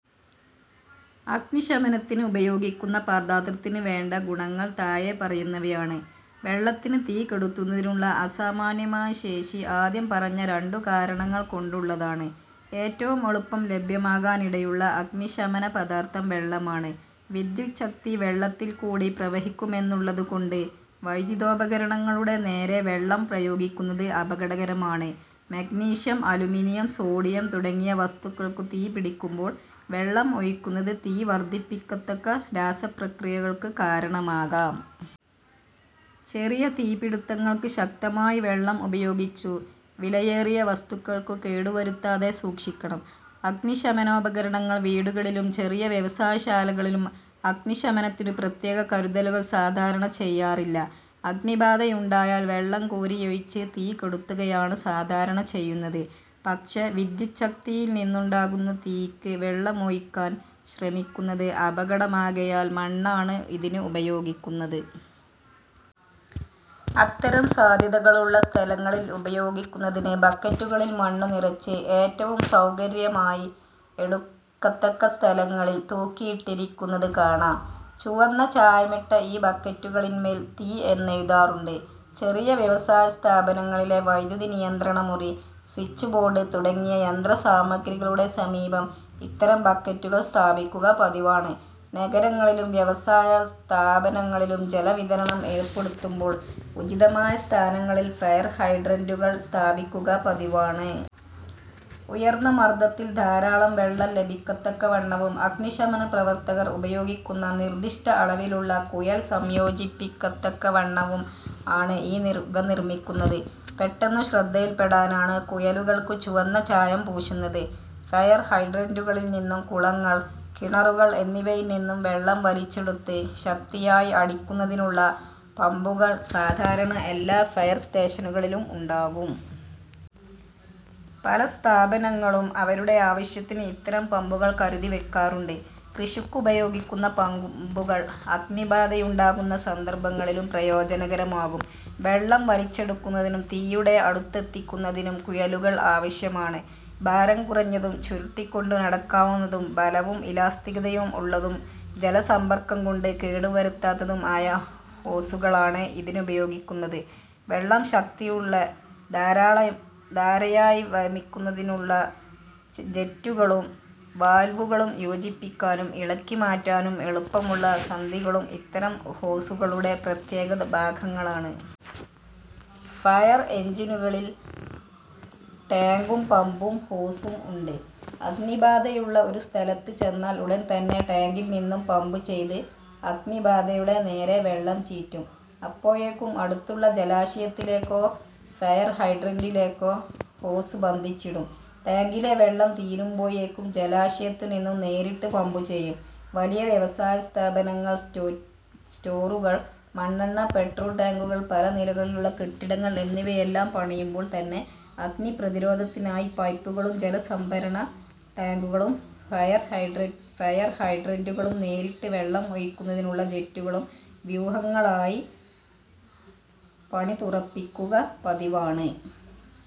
അഗ്നി ശമനത്തിന് ഉപയോഗിക്കുന്ന പദാർഥത്തിന് വേണ്ട ഗുണങ്ങൾ താഴെ പറയുന്നവയാണ്: വെള്ളത്തിന് തീ കെടുത്തുന്നതിനുള്ള അസാമാന്യമായ ശേഷി ആദ്യം പറഞ്ഞ രണ്ടു കാരണങ്ങൾകൊണ്ടുള്ളതാണ്. ഏറ്റവും എളുപ്പം ലഭ്യമാകാനിടയുള്ള അഗ്നിശമനപദാർഥം വെള്ളമാണ്. വിദ്യുച്ഛക്തി വെള്ളത്തിൽക്കൂടി പ്രവഹിക്കുമെന്നുള്ളതുകൊണ്ട് വൈദ്യുതോപകരണങ്ങളുടെ നേരെ വെള്ളം പ്രയോഗിക്കുന്നത് അപകടകരമാണ്. മഗ്നീഷ്യം, അലൂമിനിയം, സോഡിയം തുടങ്ങിയ വസ്തുക്കൾക്കു തീ പിടിക്കുമ്പോൾ വെള്ളം ഒഴിക്കുന്നത് തീ വർധിപ്പിക്കത്തക്ക രാസപ്രക്രിയകൾക്ക് കാരണമാകാം. ചെറിയ തീപിടിത്തങ്ങൾക്ക് ശക്തമായി വെള്ളം ഉപയോഗിച്ചു വിലയേറിയ വസ്തുക്കൾക്കു കേടുവരുത്താതെ സൂക്ഷിക്കണം. അഗ്നിശമനോപകരണങ്ങൾ വീടുകളിലും ചെറിയ വ്യവസായശാലകളിലും അഗ്നിശമനത്തിനു പ്രത്യേക കരുതലുകൾ സാധാരണ ചെയ്യാറില്ല. അഗ്നിബാധയുണ്ടായാൽ വെള്ളം കോരിയൊഴിച്ചു തീ കെടുത്തുകയാണ് സാധാരണ ചെയ്യുന്നത്. പക്ഷേ വിദ്യുച്ഛക്തിയിൽനിന്നുണ്ടാകുന്ന തീയ്ക്ക് വെള്ളമൊഴിക്കാൻ ശ്രമിക്കുന്നത് അപകടമാകയാൽ മണ്ണാണ് ഇതിന് ഉപയോഗിക്കുന്നത്. അത്തരം സാധ്യതകളുള്ള സ്ഥലങ്ങളിൽ ഉപയോഗിക്കുന്നതിന് ബക്കറ്റുകളിൽ മണ്ണുനിറച്ച്, ഏറ്റവും സൗകര്യമായി എടുക്കത്തക്ക സ്ഥലങ്ങളിൽ, തൂക്കിയിട്ടിരിക്കുന്നത് കാണാം. ചുവന്ന ചായമിട്ട ഈ ബക്കറ്റുകളിൻമേൽ തീ എന്നെഴുതാറുണ്ട്. ചെറിയ വ്യവസായസ്ഥാപനങ്ങളിലെ വൈദ്യുതിനിയന്ത്രണമുറി, സ്വിച്ച് ബോർഡ് തുടങ്ങിയ യന്ത്രസാമഗ്രികളുടെ സമീപം ഇത്തരം ബക്കറ്റുകൾ സ്ഥാപിക്കുക പതിവാണ്. നഗരങ്ങളിലും വ്യവസായ സ്ഥാപനങ്ങളിലും ജലവിതരണം ഏർപ്പെടുത്തുമ്പോൾ ഉചിതമായ സ്ഥാനങ്ങളിൽ ഫയർ ഹൈഡ്രന്റുകൾ സ്ഥാപിക്കുക പതിവാണ്. ഉയർന്ന മർദത്തിൽ ധാരാളം വെള്ളം ലഭിക്കത്തക്കവണ്ണവും അഗ്നിശമനപ്രവർത്തകർ ഉപയോഗിക്കുന്ന നിർദിഷ്ട അളവിലുള്ള കുഴൽ സംയോജിപ്പിക്കത്തക്കവണ്ണവും ആണ് ഇവ നിർമ്മിക്കുന്നത്. പെട്ടെന്നു ശ്രദ്ധയിൽപെടാനാണ് കുഴലുകൾക്കു ചുവന്ന ചായം പൂശുന്നത്. ഫയർ ഹൈഡ്രന്റുകളിൽനിന്നും, കുളങ്ങൾ, കിണറുകൾ എന്നിവയിൽനിന്നും വെള്ളം വലിച്ചെടുത്ത് ശക്തിയായി അടിക്കുന്നതിനുള്ള പമ്പുകൾ സാധാരണ എല്ലാ ഫയർ സ്റ്റേഷനുകളിലും ഉണ്ടാകും. പല സ്ഥാപനങ്ങളും അവരുടെ ആവശ്യത്തിന് ഇത്തരം പമ്പുകൾ കരുതിവയ്ക്കാറുണ്ട്. കൃഷിക്കുപയോഗിക്കുന്ന പമ്പുകൾ അഗ്നിബാധയുണ്ടാകുന്ന സന്ദർഭങ്ങളിലും പ്രയോജനകരമാകും. വെള്ളം വലിച്ചെടുക്കുന്നതിനും തീയുടെ അടുത്തെത്തിക്കുന്നതിനും കുഴലുകൾ ആവശ്യമാണ്. ഭാരം കുറഞ്ഞതും ചുരുട്ടിക്കൊണ്ടു നടക്കാവുന്നതും ബലവും ഇലാസ്തികതയും ഉള്ളതും ജലസമ്പർക്കംകൊണ്ട് കേടുവരുത്താത്തതും ആയ ഹോസുകളാണ് ഇതിനുപയോഗിക്കുന്നത്. വെള്ളം ശക്തിയുള്ള ധാരയായി വമിക്കുന്നതിനുള്ള ജെറ്റുകളും വാൽവുകളും, യോജിപ്പിക്കാനും ഇളക്കിമാറ്റാനും എളുപ്പമുള്ള സന്ധികളും ഇത്തരം ഹോസുകളുടെ പ്രത്യേകഭാഗങ്ങളാണ്. ഫയർ എൻജിനുകളിൽ ടാങ്കും പമ്പും ഹോസും ഉണ്ട്. അഗ്നിബാധയുള്ള ഒരു സ്ഥലത്ത് ചെന്നാൽ ഉടൻതന്നെ ടാങ്കിൽനിന്നു പമ്പുചെയ്ത് അഗ്നിബാധയുടെ നേരെ വെള്ളം ചീറ്റും. അപ്പോഴേക്കും അടുത്തുള്ള ജലാശയത്തിലേക്കോ ഫയർ ഹൈഡ്രന്റിലേക്കോ ഹോസ് ബന്ധിച്ചിടും. ടാങ്കിലെ വെള്ളം തീരുമ്പോഴേക്കും ജലാശയത്തിൽനിന്നു നേരിട്ട് പമ്പു ചെയ്യും. വലിയ വ്യവസായസ്ഥാപനങ്ങൾ, സ്റ്റോറുകൾ, മണ്ണെണ്ണ-പെട്രോൾടാങ്കുകൾ, പല നിലകളുള്ള കെട്ടിടങ്ങൾ എന്നിവയെല്ലാം പണിയുമ്പോൾ തന്നെ അഗ്നിപ്രതിരോധത്തിനായി പൈപ്പുകളും ജലസംഭരണ ടാങ്കുകളും ഫയർ ഹൈഡ്രന്റുകളും നേരിട്ട് വെള്ളം ഒഴിക്കുന്നതിനുള്ള ജെറ്റുകളും വ്യൂഹങ്ങളായി പണിതുറപ്പിക്കുക പതിവാണ്.